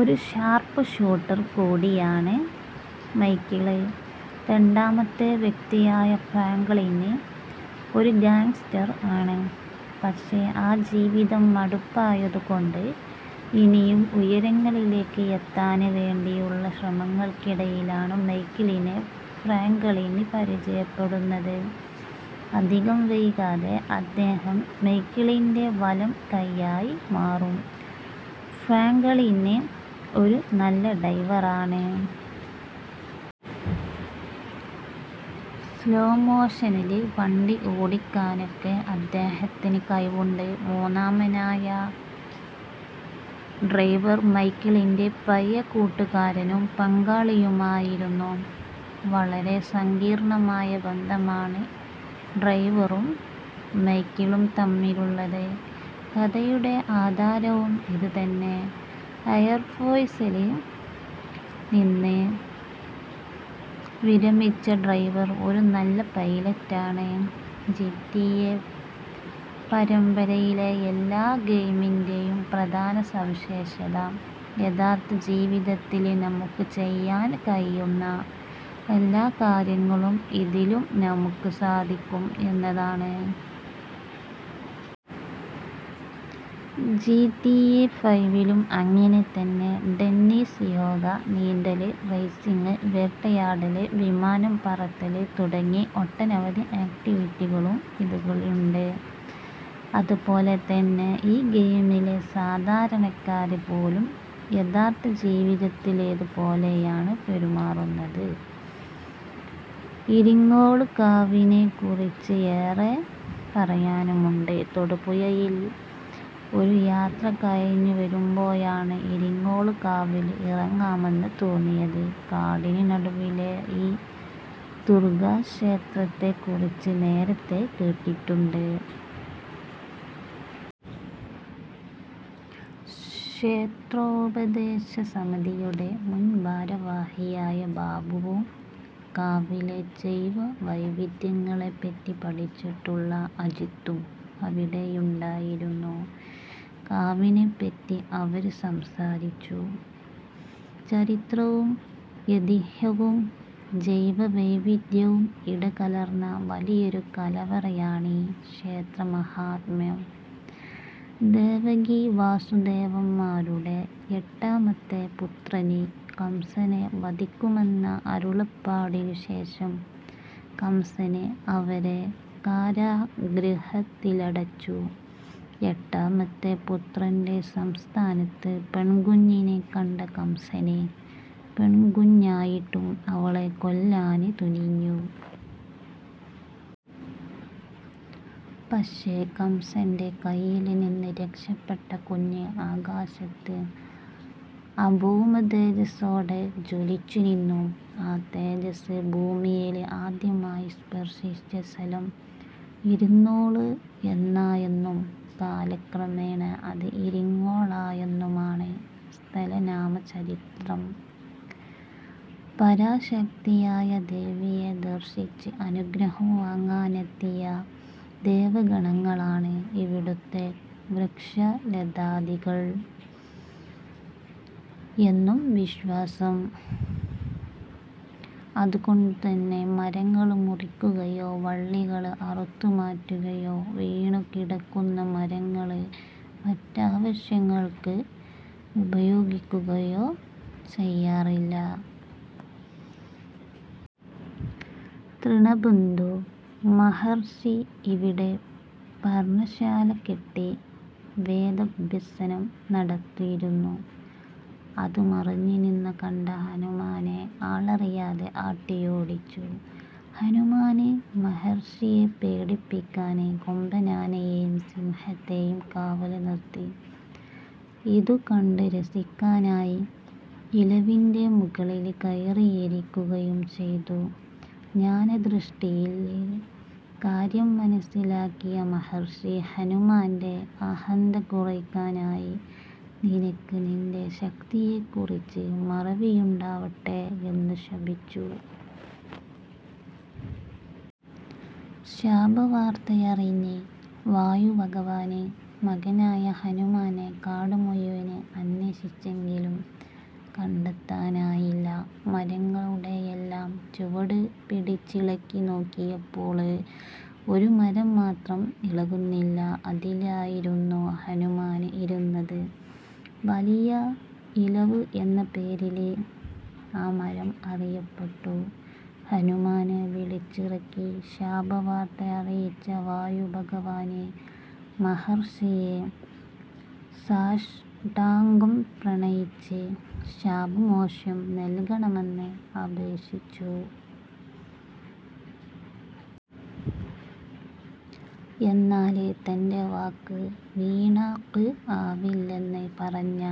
ഒരു sharp shooter കൂടിയാണ് Michael. രണ്ടാമത്തെ വ്യക്തിയായ ഫ്രാങ്കളിന് ഒരു ഗാങ്സ്റ്റർ ആണ്. പക്ഷെ ആ ജീവിതം മടുപ്പായതുകൊണ്ട് ഇനിയും ഉയരങ്ങളിലേക്ക് എത്താന് വേണ്ടിയുള്ള ശ്രമങ്ങൾക്കിടയിലാണ് മൈക്കിളിനെ ഫ്രാങ്കളിന് പരിചയപ്പെടുന്നത്. അധികം വൈകാതെ അദ്ദേഹം മൈക്കിളിന്റെ വലംകയ്യായി മാറും. ഫ്രാങ്കളിന് ഒരു നല്ല ഡ്രൈവറാണ്. സ്ലോ മോഷനില് വണ്ടി ഓടിക്കാനൊക്കെ അദ്ദേഹത്തിന് കഴിവുണ്ട്. മൂന്നാമനായ ഡ്രൈവർ മൈക്കിളിന്റെ പഴയ കൂട്ടുകാരനും പങ്കാളിയുമായിരുന്നു, വളരെ സങ്കീർണ്ണമായ ബന്ധമാണ് ഡ്രൈവറും മൈക്കിളും തമ്മിലുള്ളത്. കഥയുടെ ആധാരവും ഇത് തന്നെ. എയർ ഫോഴ്സിൽ നിന്ന് വിരമിച്ച ഡ്രൈവർ ഒരു നല്ല പൈലറ്റാണ്. ജിറ്റിഎ പരമ്പരയിലെ എല്ലാ ഗെയിമിന്റെയും പ്രധാന സവിശേഷത, യഥാർത്ഥ ജീവിതത്തില് നമുക്ക് ചെയ്യാൻ കഴിയുന്ന എല്ലാ കാര്യങ്ങളും ഇതിലും നമുക്ക് സാധിക്കും എന്നതാണ്. ജിറ്റിഎ ഫൈവിലും അങ്ങിനെ തന്നെ. ടെന്നീസ്, യോഗ, നീന്തല്, റേസിംഗ്, വേട്ടയാടല്, വിമാനം പറത്തല് തുടങ്ങി ഒട്ടനവധി ആക്റ്റിവിറ്റികളും ഇതിലുണ്ട്. അതുപോലെ തന്നെ, ഈ ഗെയിമിലെ സാധാരണക്കാര് പോലും യഥാർത്ഥ ജീവിതത്തിലേതു പോലെയാണ് പെരുമാറുന്നത്. ഇരിങ്ങോൾകാവിനെക്കുറിച്ച് ഏറെ പറയാനുമുണ്ട്. തൊടുപുഴയിൽ ഒരു യാത്ര കഴിഞ്ഞുവരുമ്പോഴാണ് ഇരിങ്ങോൾകാവിൽ ഇറങ്ങാമെന്ന് തോന്നിയത്. കാടിനു നടുവിലെ ഈ ദുർഗാക്ഷേത്രത്തെക്കുറിച്ച് നേരത്തെ കേട്ടിട്ടുണ്ട്. ക്ഷേത്രോപദേശക സമിതിയുടെ മുൻഭാരവാഹിയായ ബാബുവും കാവിലെ ജൈവവൈവിധ്യങ്ങളെപ്പറ്റി പഠിച്ചിട്ടുള്ള അജിത്തും അവിടെയുണ്ടായിരുന്നു. കാവിനെപ്പറ്റി അവർ സംസാരിച്ചു. ചരിത്രവും ഐതിഹ്യവും ജൈവവൈവിധ്യവും ഇടകലർന്ന വലിയൊരു കലവറയാണീ ക്ഷേത്രമാഹാത്മ്യം. ദേവകീവാസുദേവന്മാരുടെ എട്ടാമത്തെ പുത്രന് കംസനെ വധിക്കുമെന്ന അരുളപ്പാടിനുശേഷം കംസന് അവരെ കാരാഗൃഹത്തിലടച്ചു. എട്ടാമത്തെ പുത്രന്റെ സ്ഥാനത്ത് പെണ്കുഞ്ഞിനെ കണ്ട കംസന് പെണ്കുഞ്ഞായിട്ടും അവളെ കൊല്ലാന് തുനിഞ്ഞു. പക്ഷേ, കംസന്റെ കയ്യിൽനിന്ന് രക്ഷപ്പെട്ട കുഞ്ഞ് ആകാശത്ത് അഭൗമതേജസ്സോടെ ജ്വലിച്ചുനിന്നു. ആ തേജസ്സ് ഭൂമിയിൽ ആദ്യമായി സ്പർശിച്ച സ്ഥലം ഇരുന്നോൾഎന്നായെന്നും കാലക്രമേണ അത് ഇരിങ്ങോളായെന്നുമാണ് സ്ഥലനാമ ചരിത്രം. പരാശക്തിയായ ദേവിയെ ദർശിച്ച് അനുഗ്രഹം വാങ്ങാനെത്തിയ ദേവഗണങ്ങളാണ് ഇവിടുത്തെ വൃക്ഷലതാദികൾ എന്നും വിശ്വാസം. അതുകൊണ്ടുതന്നെ മരങ്ങള് മുറിക്കുകയോ വള്ളികൾ അറുത്തുമാറ്റുകയോ വീണുകിടക്കുന്ന മരങ്ങൾ മറ്റാവശ്യങ്ങൾക്ക് ഉപയോഗിക്കുകയോ ചെയ്യാറില്ല. തൃണബിന്ദു മഹർഷി ഇവിടെ പർണശാല കെട്ടി വേദാഭ്യസനം നടത്തിയിരുന്നു. അത് മറഞ്ഞുനിന്നു കണ്ട ഹനുമാനെ ആളറിയാതെ ആട്ടിയോടിച്ചു. ഹനുമാൻ മഹർഷിയെ പേടിപ്പിക്കാൻ കൊമ്പനാനയെയും സിംഹത്തെയും കാവൽ നിർത്തി. ഇതുകണ്ട് രസിക്കാനായി ഇലവിന്റെ മുകളിൽ കയറിയിരിക്കുകയും ചെയ്തു. ജ്ഞാനദൃഷ്ടിയിൽ കാര്യം മനസ്സിലാക്കിയ മഹർഷി ഹനുമാന്റെ അഹന്ത കുറയ്ക്കാനായി നിനക്ക് നിന്റെ ശക്തിയെക്കുറിച്ച് മറവിയുണ്ടാവട്ടെ എന്നു ശപിച്ചു. ശാപവാർത്തയറിഞ്ഞ് വായുഭഗവാന് മകനായ ഹനുമാനെ കാടു മുഴുവന് അന്വേഷിച്ചെങ്കിലും കണ്ടെത്താനായില്ല. മരങ്ങളുടെയെല്ലാം ചുവട് പിടിച്ചിളക്കിനോക്കിയപ്പോൾ ഒരു മരം മാത്രം ഇളകുന്നില്ല. അതിലായിരുന്നു ഹനുമാൻ ഇരുന്നത്. വലിയ ഇളവ് എന്ന പേരില് ആ മരം അറിയപ്പെട്ടു. ഹനുമാനെ വിളിച്ചിറക്കി ശാപവാർത്തയറിയിച്ച വായുഭഗവാന് മഹർഷിയെ സാഷ്ടാംഗം പ്രണമിച്ച് ശാപമോക്ഷം നൽകണമെന്ന് അപേക്ഷിച്ചു. എന്നാല് തന്റെ വാക്ക് വീണ്വാക്ക് ആവില്ലെന്ന് പറഞ്ഞ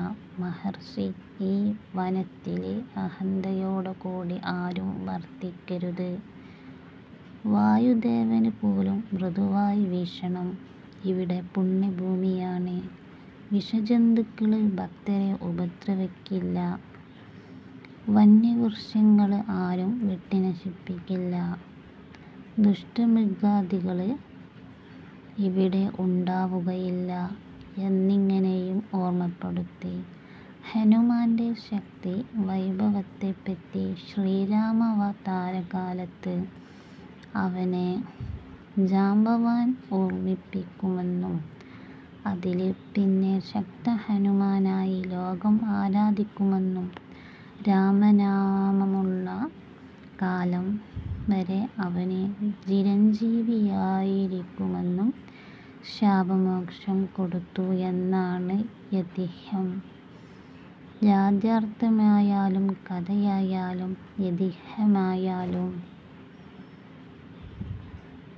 മഹർഷി ഈ വനത്തില് അഹന്തയോടുകൂടി ആരും വർത്തിക്കരുത്. വായുദേവന്പോലും മൃദുവായി വീശണം. ഇവിടം പുണ്യഭൂമിയാണ്, വിഷജന്തുക്കൾ ഭക്തരെ ഉപദ്രവിക്കില്ല. വന്യ വൃക്ഷങ്ങള് ആരും വെട്ടിനശിപ്പിക്കില്ല. ദുഷ്ടമൃഗാദികൾ ഇവിടെ ഉണ്ടാവുകയില്ല എന്നിങ്ങനെയും ഓർമപ്പെടുത്തി. ഹനുമാന്റെ ശക്തി വൈഭവത്തെപറ്റി ശ്രീരാമാവതാരകാലത്ത് അവനെ ജാംബവാൻ ഓർമിപ്പിക്കുമെന്നും അതിൽ പിന്നെ ശക്തഹനുമാനായി ലോകം ആരാധിക്കുമെന്നും രാമനാമമുള്ള കാലം വരെ അവൻ ചിരഞ്ജീവിയായിരിക്കുമെന്നും ശാപമോക്ഷം കൊടുത്തു എന്നാണ് എതിഹ്യം. യാഥാർഥ്യമായാലും കഥയായാലും എതിഹ്യമായാലും